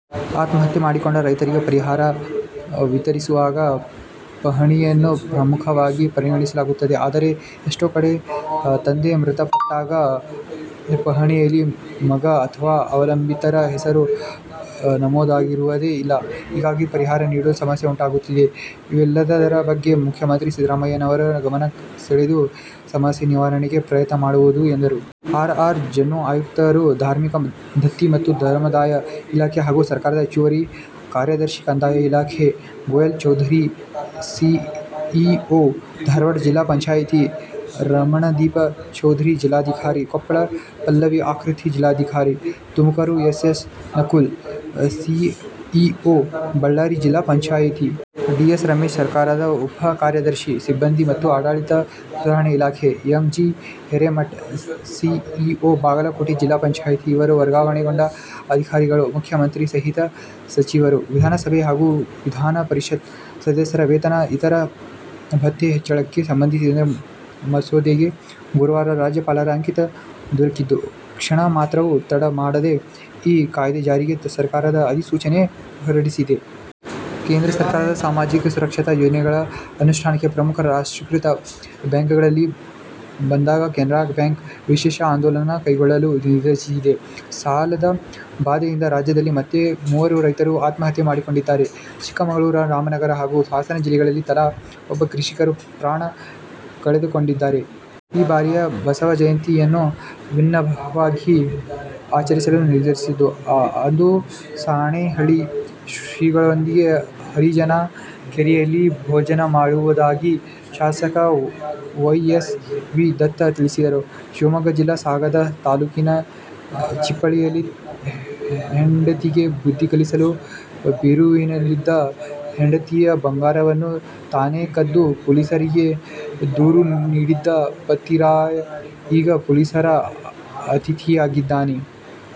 ಆತ್ಮಹತ್ಯೆ ಮಾಡಿಕೊಂಡ ರೈತರಿಗೆ ಪರಿಹಾರ ವಿತರಿಸುವಾಗ ಪಹಣಿಯನ್ನು ಪ್ರಮುಖವಾಗಿ ಪರಿಗಣಿಸಲಾಗುತ್ತದೆ. ಆದರೆ, ಎಷ್ಟೋ ಕಡೆ ತಂದೆ ಮೃತಪಟ್ಟಾಗ ಪಹಣಿಯಲ್ಲಿ ಮಗ ಅಥವಾ ಅವಲಂಬಿತರ ಹೆಸರು ನಮೂದಾಗಿರುವುದೇ ಇಲ್ಲ. ಹೀಗಾಗಿ ಪರಿಹಾರ ನೀಡಲು ಸಮಸ್ಯೆ ಉಂಟಾಗುತ್ತಿದೆ. ಇವೆಲ್ಲದರ ಬಗ್ಗೆ ಮುಖ್ಯಮಂತ್ರಿ ಸಿದ್ದರಾಮಯ್ಯನವರ ಗಮನ ಸೆಳೆದು ಸಮಸ್ಯೆ ನಿವಾರಣೆಗೆ ಪ್ರಯತ್ನ ಮಾಡಲಾಗುವುದು ಎಂದರು. ಆರ್. ಆರ್. ಜನ್ನು- ಆಯುಕ್ತರು, ಧಾರ್ಮಿಕ ದತ್ತಿ ಮತ್ತು ಧರ್ಮಾದಾಯ ಇಲಾಖೆ ಹಾಗೂ ಸರ್ಕಾರದ ಹೆಚ್ಚುವರಿ ಕಾರ್ಯದರ್ಶಿ, ಕಂದಾಯ ಇಲಾಖೆ. ಗೊಯಲ್ ಚೌಧರಿ- ಸಿಇಓ, ಧಾರವಾಡ ಜಿಲ್ಲಾ ಪಂಚಾಯತಿ. ರಮಣದೀಪ್ ಚೌಧರಿ- ಜಿಲ್ಲಾಧಿಕಾರಿ, ಕೊಪ್ಪಳ. ಪಲ್ಲವಿ ಆಕೃತಿ- ಜಿಲ್ಲಾಧಿಕಾರಿ, Tumakuru. S. S. Nakul- CEO, Ballari ಜಿಲ್ಲಾ ಪಂಚಾಯತಿ. ಡಿ. ಎಸ್. ರಮೇಶ್- ಸರ್ಕಾರದ ಉಪ ಕಾರ್ಯದರ್ಶಿ, ಸಿಬ್ಬಂದಿ ಮತ್ತು ಆಡಳಿತ ಸುಧಾರಣೆ ಇಲಾಖೆ. M. G. Hiremath- CEO, Bagalkot ಜಿಲ್ಲಾ ಪಂಚಾಯತಿ, ಇವರು ವರ್ಗಾವಣೆಗೊಂಡ ಅಧಿಕಾರಿಗಳು. ಮುಖ್ಯಮಂತ್ರಿ ಸಹಿತ ಸಚಿವರು, ವಿಧಾನಸಭೆ ಹಾಗೂ ವಿಧಾನ ಪರಿಷತ್ ಸದಸ್ಯರ ವೇತನ, ಇತರ ಭತ್ತೆ ಹೆಚ್ಚಳಕ್ಕೆ ಸಂಬಂಧಿಸಿದ ಮಸೂದೆಗೆ ಗುರುವಾರ ರಾಜ್ಯಪಾಲರ ಅಂಕಿತ ದೊರಕಿದ್ದು, ಕ್ಷಣ ಮಾತ್ರವೂ ತಡ ಮಾಡದೆ ಈ ಕಾಯ್ದೆ ಜಾರಿಗೆ ಸರಕಾರ ಅಧಿಸೂಚನೆ ಹೊರಡಿಸಿದೆ. ಕೇಂದ್ರ ಸರ್ಕಾರದ ಸಾಮಾಜಿಕ ಸುರಕ್ಷತಾ ಯೋಜನೆಗಳ ಅನುಷ್ಠಾನಕ್ಕೆ ಪ್ರಮುಖ ರಾಷ್ಟ್ರೀಕೃತ ಬ್ಯಾಂಕ್ಗಳಲ್ಲಿ ಒಂದಾದ ಕೆನರಾ ಬ್ಯಾಂಕ್ ವಿಶೇಷ ಆಂದೋಲನ ಕೈಗೊಳ್ಳಲು ನಿರ್ಧರಿಸಿದೆ. ಸಾಲದ ಬಾಧೆಯಿಂದ ರಾಜ್ಯದಲ್ಲಿ ಮತ್ತೆ ಮೂವರು ರೈತರು ಆತ್ಮಹತ್ಯೆ ಮಾಡಿಕೊಂಡಿದ್ದಾರೆ. ಚಿಕ್ಕಮಗಳೂರು, ರಾಮನಗರ ಹಾಗೂ ಹಾಸನ ಜಿಲ್ಲೆಗಳಲ್ಲಿ ತಲಾ ಒಬ್ಬ ಕೃಷಿಕರು ಪ್ರಾಣ ಕಳೆದುಕೊಂಡಿದ್ದಾರೆ. ಈ ಬಾರಿಯ ಬಸವ ಜಯಂತಿ ಯನ್ನು ವಿಭಿನ್ನವಾಗಿ ಆಚರಿಸಲು ನಿರ್ಧರಿಸಿದ್ದು, ಅಂದು ಸಾಣೇಹಳ್ಳಿ ಶ್ರೀಗಳೊಂದಿಗೆ ಹರಿಜನ ಕೇರಿಯಲ್ಲಿ ಭೋಜನ ಮಾಡುವುದಾಗಿ ಶಾಸಕ ವೈ. ಎಸ್. ವಿ. ದತ್ತ ತಿಳಿಸಿದರು. ಶಿವಮೊಗ್ಗ ಜಿಲ್ಲೆ ಸಾಗರ ತಾಲೂಕಿನ ಚಿಪ್ಳಿಯಲ್ಲಿ ಹೆಂಡತಿಗೆ ಬುದ್ಧಿ ಕಲಿಸಲು ಬೀರುವಿನಲ್ಲಿದ್ದ ಹೆಂಡತಿಯ ಬಂಗಾರವನ್ನು ತಾನೇ ಕದ್ದು, ಪೊಲೀಸರಿಗೆ ದೂರು ನೀಡಿದ್ದ ಪತಿರಾಯ ಈಗ ಪೊಲೀಸರ ಅತಿಥಿಯಾಗಿದ್ದಾನೆ.